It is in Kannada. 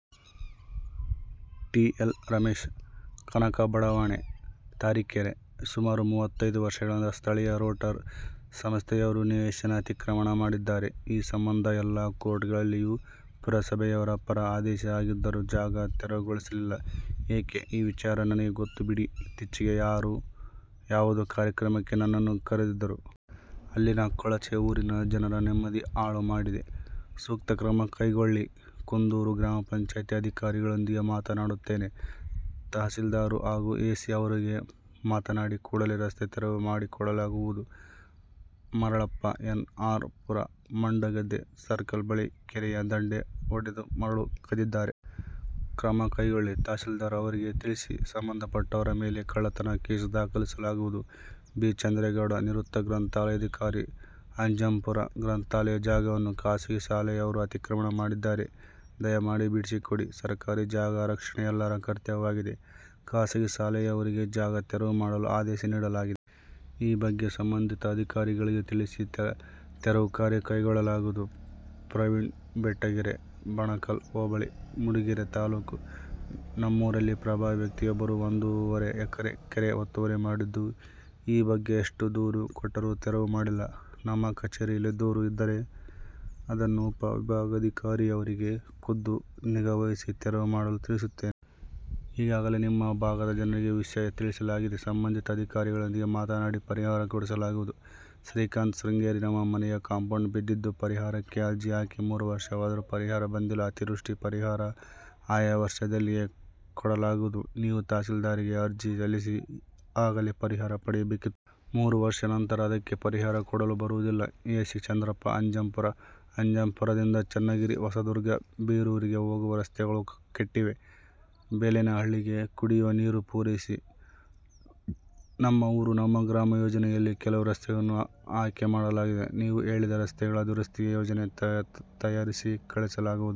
ಟಿ. ಎಲ್. ರಮೇಶ್, ಕನಕ ಬಡಾವಣೆ, ತರೀಕೆರೆ ಸುಮಾರು ಮೂವತ್ತೈದು ವರ್ಷಗಳಿಂದ ಸ್ಥಳೀಯ ರೋಟರಿ ಸಂಸ್ಥೆಯವರು ನಿವೇಶನ ಅತಿಕ್ರಮಣ ಮಾಡಿದ್ದಾರೆ. ಈ ಸಂಬಂಧ ಎಲ್ಲ ಕೋರ್ಟುಗಳಲ್ಲಿಯೂ ಪುರಸಭೆಯವರ ಪರ ಆದೇಶ ಆಗಿದ್ದರೂ ಜಾಗ ತೆರವುಗೊಳಿಸಿಲ್ಲ ಏಕೆ? ಈ ವಿಚಾರ ನನಗೆ ಗೊತ್ತು ಬಿಡಿ, ಇತ್ತೀಚೆಗೆ ಅವರು ಯಾವುದೋ ಕಾರ್ಯಕ್ರಮಕ್ಕೆ ನನ್ನನ್ನು ಕರೆದಿದ್ದರು. ಅಲ್ಲಿನ ಕೊಳಚೆ ಊರಿನ ಜನರ ನೆಮ್ಮದಿ ಹಾಳು ಮಾಡಿದೆ, ಸೂಕ್ತ ಕ್ರಮ ಕೈಗೊಳ್ಳಿ. ಕುಂದೂರು ಗ್ರಾಮ ಪಂಚಾಯಿತಿ ಅಧಿಕಾರಿಗಳೊಂದಿಗೆ ಮಾತನಾಡುತ್ತೇನೆ. ತಹಸೀಲ್ದಾರ್ ಹಾಗೂ ಎಸಿ ಅವರಿಗೆ ಮಾತನಾಡಿ ಕೂಡಲೇ ರಸ್ತೆ ತೆರವು ಮಾಡಿಕೊಡಲಾಗುವುದು. Maralappa, N. R. Pura Mandagadde circle ಬಳಿ ಕೆರೆಯ ದಂಡೆ ಒಡೆದು ಮರಳು ಕದ್ದಿದ್ದಾರೆ. ಕ್ರಮ ಕೈಗೊಳ್ಳಿ. ತಹಸೀಲ್ದಾರ್ ಅವರಿಗೆ ತಿಳಿಸಿ ಸಂಬಂಧಪಟ್ಟವರ ಮೇಲೆ ಕಳ್ಳತನ ಕೇಸು ದಾಖಲಿಸಲಾಗುವುದು. ಬಿ. ಚಂದ್ರೇಗೌಡ, ನಿವೃತ್ತ ಗ್ರಂಥಾಲಯಾಧಿಕಾರಿ, ಅಜ್ಜಂಪುರ ಗ್ರಂಥಾಲಯ ಜಾಗವನ್ನು ಖಾಸಗಿ ಶಾಲೆಯವರು ಅತಿಕ್ರಮಣ ಮಾಡಿದ್ದಾರೆ. ದಯಮಾಡಿ ಬಿಡಿಸಿಕೊಡಿ. ಸರಕಾರಿ ಜಾಗ ರಕ್ಷಣೆ ಎಲ್ಲರ ಕರ್ತವ್ಯವಾಗಿದೆ. ಖಾಸಗಿ ಶಾಲೆಯವರಿಗೆ ಜಾಗ ತೆರವು ಮಾಡಲು ಆದೇಶ ನೀಡಲಾಗಿದೆ. ಈ ಬಗ್ಗೆ ಸಂಬಂಧಿತ ಅಧಿಕಾರಿಗಳಿಗೆ ತಿಳಿಸಿ ತೆರವು ಕಾರ್ಯ ಕೈಗೊಳ್ಳಲಾಗುವುದು. ಪ್ರವೀಣ ಬೆಟ್ಟಗೆರೆ, ಬಣಕಲ್ ಹೋಬಳಿ, ಮೂಡಿಗೆರೆ ತಾಲ್ಲೂಕು. ನಮ್ಮೂರಲ್ಲಿ ಪ್ರಭಾವಿ ವ್ಯಕ್ತಿಯೊಬ್ಬರು ಒಂದೂವರೆ ಎಕರೆ ಕೆರೆ ಒತ್ತುವರಿ ಮಾಡಿದ್ದು, ಈ ಬಗ್ಗೆ ಎಷ್ಟು ದೂರು ಕೊಟ್ಟರೂ ತೆರವು ಮಾಡಿಲ್ಲ. ನಮ್ಮ ಕಚೇರಿಯಲ್ಲಿ ದೂರು ಇದ್ದರೆ, ಅದನ್ನು ಉಪವಿಭಾಗಾಧಿಕಾರಿಯವರಿಗೆ ಖುದ್ದು ನಿಗಾವಹಿಸಿ ತೆರವು ಮಾಡಲು ತಿಳಿಸುತ್ತೇನೆ. ಈಗಾಗಲೇ ನಿಮ್ಮ ಭಾಗದ ಜನರಿಗೆ ವಿಷಯ ತಿಳಿಸಲಾಗಿದೆ. ಸಂಬಂಧಿತ ಅಧಿಕಾರಿಗಳೊಂದಿಗೆ ಮಾತನಾಡಿ ಪರಿಹಾರ ಕೊಡಿಸಲಾಗುವುದು. ಶ್ರೀಕಾಂತ್, ಶೃಂಗೇರಿ ನಮ್ಮ ಮನೆಯ ಕಾಂಪೌಂಡ್ ಬಿದ್ದಿದ್ದು, ಪರಿಹಾರಕ್ಕೆ ಅರ್ಜಿ ಹಾಕಿ ಮೂರು ವರ್ಷವಾದರೂ ಪರಿಹಾರ ಬಂದಿಲ್ಲ. ಅತಿವೃಷ್ಟಿ ಪರಿಹಾರ ಆಯಾ ವರ್ಷದಲ್ಲಿಯೇ ಕೊಡಲಾಗುವುದು. ನೀವು ತಹಸೀಲ್ದಾರ್ಗೆ ಅರ್ಜಿ ಸಲ್ಲಿಸಿ ಆಗಲೇ ಪರಿಹಾರ ಪಡೆಯಬೇಕಿತ್ತು. ಮೂರು ವರ್ಷ ನಂತರ ಅದಕ್ಕೆ ಪರಿಹಾರ ಕೊಡಲು ಬರುವುದಿಲ್ಲ. ಎ. ಸಿ. ಚಂದ್ರಪ್ಪ, ಅಜ್ಜಂಪುರ ಅಜ್ಜಂಪುರದಿಂದ ಚನ್ನಗಿರಿ, ಹೊಸದುರ್ಗ, ಬೀರೂರಿಗೆ ಹೋಗುವ ರಸ್ತೆಗಳು ಕೆಟ್ಟಿವೆ, ಬೇಲೇನಹಳ್ಳಿಗೆ ಕುಡಿಯುವ ನೀರು ಪೂರೈಸಿ. ನಮ್ಮ ಊರು, ನಮ್ಮ ಗ್ರಾಮ ಯೋಜನೆಯಲ್ಲಿ ಕೆಲವು ರಸ್ತೆಗಳನ್ನು ಆಯ್ಕೆ ಮಾಡಲಾಗಿದೆ. ನೀವು ಹೇಳಿದ ರಸ್ತೆಗಳ ದುರಸ್ತಿಗೆ ಯೋಜನೆ ತಯಾರಿಸಿ ಕಳಿಸಲಾಗುವುದು.